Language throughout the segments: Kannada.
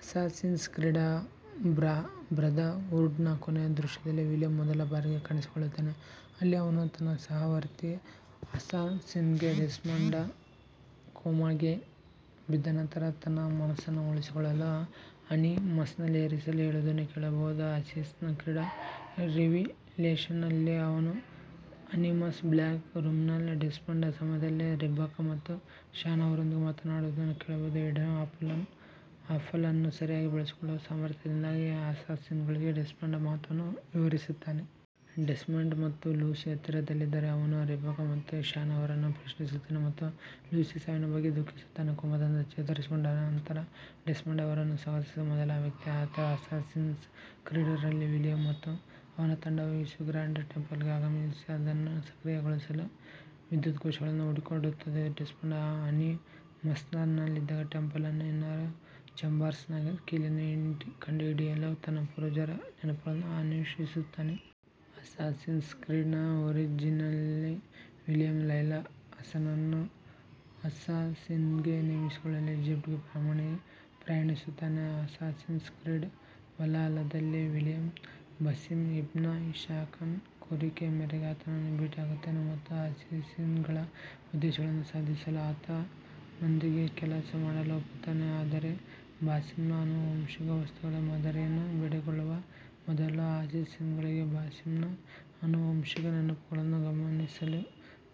ಅಸ್ಸಾಸಿನ್ಸ್ ಕ್ರೀಡ್ಃ ಬ್ರದರ್ಹುಡ್ನ ಕೊನೆಯ ದೃಶ್ಯದಲ್ಲಿ ವಿಲಿಯಂ ಮೊದಲ ಬಾರಿಗೆ ಕಾಣಿಸಿಕೊಳ್ಳುತ್ತಾನೆ, ಅಲ್ಲಿ ಅವನು ತನ್ನ ಸಹವರ್ತಿ ಅಸ್ಸಾಸಿನ್ಸ್ಗೆ ಡೆಸ್ಮಂಡ್ ಕೋಮಾಗೆ ಬಿದ್ದ ನಂತರ ತನ್ನ ಮನಸ್ಸನ್ನು ಉಳಿಸಿಕೊಳ್ಳಲು ಅನಿಮಸ್ನಲ್ಲಿ ಇರಿಸಲು ಹೇಳುವುದನ್ನು ಕೇಳಬಹುದು. ಅಸ್ಸಾಸಿನ್ಸ್ ಕ್ರೀಡ್ಃ ರಿವಿಲೇಷನ್ಸ್ ನಲ್ಲಿ, ಅವನು ಅನಿಮಸ್ ಬ್ಲ್ಯಾಕ್ ರೂಮ್ನಲ್ಲಿ ಡೆಸ್ಮಂಡ್ನ ಸಮಯದಲ್ಲಿ ರೆಬೆಕ್ಕಾ ಮತ್ತು ಶಾನ್ ಅವರೊಂದಿಗೆ ಮಾತನಾಡುವುದನ್ನು ಕೇಳಬಹುದು, ಈಡನ್ ಆಪಲ್ ಅನ್ನು ಸರಿಯಾಗಿ ಬಳಸಿಕೊಳ್ಳುವ ಸಾಮರ್ಥ್ಯದಿಂದಾಗಿ ಅಸ್ಸಾಸಿನ್ಗಳಿಗೆ ಡೆಸ್ಮಂಡ್ನ ಮಹತ್ವವನ್ನು ವಿವರಿಸುತ್ತಾನೆ. ಡೆಸ್ಮಂಡ್ ಮತ್ತು ಲೂಸಿ ಹತ್ತಿರದಲ್ಲಿದ್ದರೆ ಅವನು ರೆಬೆಕ್ಕಾ ಮತ್ತು ಶಾನ್ ಅವರನ್ನು ಪ್ರಶ್ನಿಸುತ್ತಾನೆ ಮತ್ತು ಲೂಸಿ ಸಾವಿನ ಬಗ್ಗೆ ದುಃಖಿಸುತ್ತಾನೆ. ಕೋಮಾದಿಂದ ಚೇತರಿಸಿಕೊಂಡ ನಂತರ ಡೆಸ್ಮಂಡ್ ಅವರನ್ನು ಸ್ವಾಗತಿಸಿದ ಮೊದಲ ವ್ಯಕ್ತಿ ಆತ. ಅಸ್ಸಾಸಿನ್ಸ್ ಕ್ರೀಡ್ ರಲ್ಲಿ, ವಿಲಿಯಂ ಮತ್ತು ಅವನ ತಂಡವು ಇಸು ಗ್ರ್ಯಾಂಡ್ ಟೆಂಪಲ್ಗೆ ಆಗಮಿಸಿ ಅದನ್ನು ಸಕ್ರಿಯಗೊಳಿಸಲು ವಿದ್ಯುತ್ ಕೋಶಗಳನ್ನು ಹುಡುಕುತ್ತದೆ, ಡೆಸ್ಮಂಡ್ ಅನಿಮಸ್ನಲ್ಲಿದ್ದಾಗ, ಟೆಂಪಲ್ನ ಇನ್ನರ್ ಚೇಂಬರ್ಸ್ನ ಕೀಲಿಯನ್ನು ಕಂಡುಹಿಡಿಯಲು ತನ್ನ ಪೂರ್ವಜರ ನೆನಪುಗಳನ್ನು ಅನ್ವೇಷಿಸುತ್ತಾನೆ. ಅಸ್ಸಾಸಿನ್ಸ್ ಕ್ರೀಡ್ ಒರಿಜಿನ್ಸ್ನಲ್ಲಿ, ವಿಲಿಯಂ ಲೈಲಾ ಹಸನ್ನನ್ನು ಅಸ್ಸಾಸಿನ್ಸ್ಗೆ ನೇಮಿಸಿಕೊಳ್ಳಲು ಈಜಿಪ್ಟ್ಗೆ ಪ್ರಯಾಣಿಸುತ್ತಾನೆ. ಅಸ್ಸಾಸಿನ್ಸ್ ಕ್ರೀಡ್ ವಲ್ಹಲ್ಲಾದಲ್ಲಿ, ವಿಲಿಯಂ ಬಸಿಂ ಇಬ್ನ್ ಇಶಾಕ್ನ ಕೋರಿಕೆಯ ಮೇರೆಗೆ ಆತನನ್ನು ಭೇಟಿಯಾಗುತ್ತಾನೆ ಮತ್ತು ಅಸ್ಸಾಸಿನ್ಗಳ ಉದ್ದೇಶಗಳನ್ನು ಸಾಧಿಸಲು ಆತನೊಂದಿಗೆ ಕೆಲಸ ಮಾಡಲು ಒಪ್ಪುತ್ತಾನೆ, ಆದರೆ ಬಾಸಿಂನ ಆನುವಂಶಿಕ ವಸ್ತುಗಳ ಮಾದರಿಯನ್ನು ಬೇಡಿಕೊಳ್ಳುವ ಮೊದಲು, ಅಸ್ಸಾಸಿನ್ಗಳಿಗೆ ಬಾಸಿಂನ ಆನುವಂಶಿಕ ನೆನಪುಗಳನ್ನು ಗಮನಿಸಲು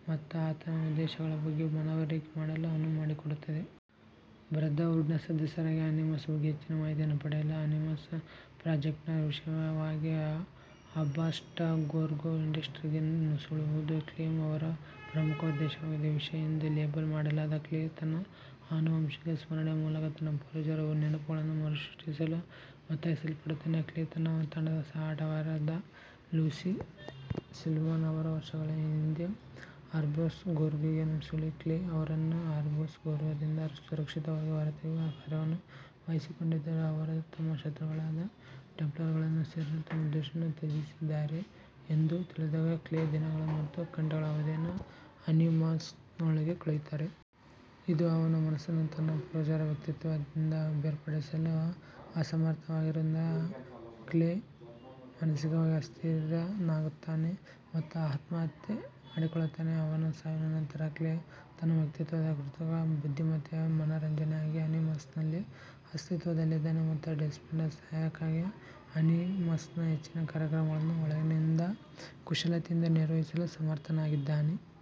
ಮತ್ತು ಆತನ ಉದ್ದೇಶಗಳ ಬಗ್ಗೆ ಮನವರಿಕೆ ಮಾಡಲು ಅನುವು ಮಾಡಿಕೊಡುತ್ತದೆ. ಬ್ರದರ್ಹುಡ್ನ ಸದಸ್ಯರಾಗಿ, ಅನಿಮಸ್ ಬಗ್ಗೆ ಹೆಚ್ಚಿನ ಮಾಹಿತಿಯನ್ನು ಪಡೆಯಲು ಅನಿಮಸ್ ಪ್ರಾಜೆಕ್ಟ್ನ ವಿಷಯವಾಗಿ ಅಬ್ಸ್ಟರ್ಗೊ ಇಂಡಸ್ಟ್ರೀಸ್ಗೆ ನುಸುಳುವುದು ಕ್ಲೇ ಅವರ ಪ್ರಮುಖ ಉದ್ದೇಶವಾಗಿದೆ. ವಿಷಯ ಎಂದು ಲೇಬಲ್ ಮಾಡಲಾದ ಕ್ಲೇ ತನ್ನ ಆನುವಂಶಿಕ ಸ್ಮರಣೆಯ ಮೂಲಕ ತನ್ನ ಪೂರ್ವಜರ ನೆನಪುಗಳನ್ನು ಮರುಸೃಷ್ಟಿಸಲು ಒತ್ತಾಯಿಸಲ್ಪಡುತ್ತಾನೆ. ಕ್ಲೇ ತನ್ನ ತಂಡದ ಸಹ ಆಟಗಾರರಾದ ಲೂಸಿ ಸ್ಟಿಲ್ಮನ್-ಅವರು ವರ್ಷಗಳ ಹಿಂದೆ ಅಬ್ಸ್ಟೆರ್ಗೊಗೆ ನುಸುಳಿ, ಕ್ಲೇ ಅವರನ್ನು ಅಬ್ಸ್ಟೆರ್ಗೊದಿಂದ ಸುರಕ್ಷಿತವಾಗಿ ಹೊರತೆಗೆಯುವ ಕಾರ್ಯವನ್ನು ವಹಿಸಿಕೊಂಡಿದ್ದರು-ಅವರು ತಮ್ಮ ಶತ್ರುಗಳಾದ ಟೆಂಪ್ಲರ್ಗಳನ್ನು ಸೇರಲು ತಮ್ಮ ಉದ್ದೇಶವನ್ನು ತ್ಯಜಿಸಿದ್ದಾರೆ ಎಂದು ತಿಳಿದಾಗ, ಕ್ಲೇ ದಿನಗಳು ಮತ್ತು ಗಂಟೆಗಳ ಅವಧಿಯನ್ನು ಅನಿಮಸ್ನೊಳಗೆ ಕಳೆಯುತ್ತಾರೆ. ಇದು ಅವನ ಮನಸ್ಸನ್ನು ತನ್ನ ಪೂರ್ವಜರ ವ್ಯಕ್ತಿತ್ವದಿಂದ ಬೇರ್ಪಡಿಸಲು ಅಸಮರ್ಥವಾಗಿಸುವುದರಿಂದ, ಕ್ಲೇ ಮಾನಸಿಕವಾಗಿ ಅಸ್ಥಿರನಾಗುತ್ತಾನೆ ಮತ್ತು ಆತ್ಮಹತ್ಯೆ ಮಾಡಿಕೊಳ್ಳುತ್ತಾನೆ. ಅವನ ಸಾವಿನ ನಂತರ, ಕ್ಲೇ ತನ್ನ ವ್ಯಕ್ತಿತ್ವದ ಕೃತಕ ಬುದ್ಧಿಮತ್ತೆಯ ಮನರಂಜನೆಯಾಗಿ ಅನಿಮಸ್ನಲ್ಲಿ ಅಸ್ತಿತ್ವದಲ್ಲಿದ್ದಾನೆ ಮತ್ತು ಡೆಸ್ಮಂಡ್ನ ಸಹಾಯಕ್ಕಾಗಿ ಅನಿಮಸ್ನ ಹೆಚ್ಚಿನ ಕಾರ್ಯಕ್ರಮಗಳನ್ನು ಒಳಗಿನಿಂದ ಕುಶಲತೆಯಿಂದ ನಿರ್ವಹಿಸಲು ಸಮರ್ಥನಾಗಿದ್ದಾನೆ.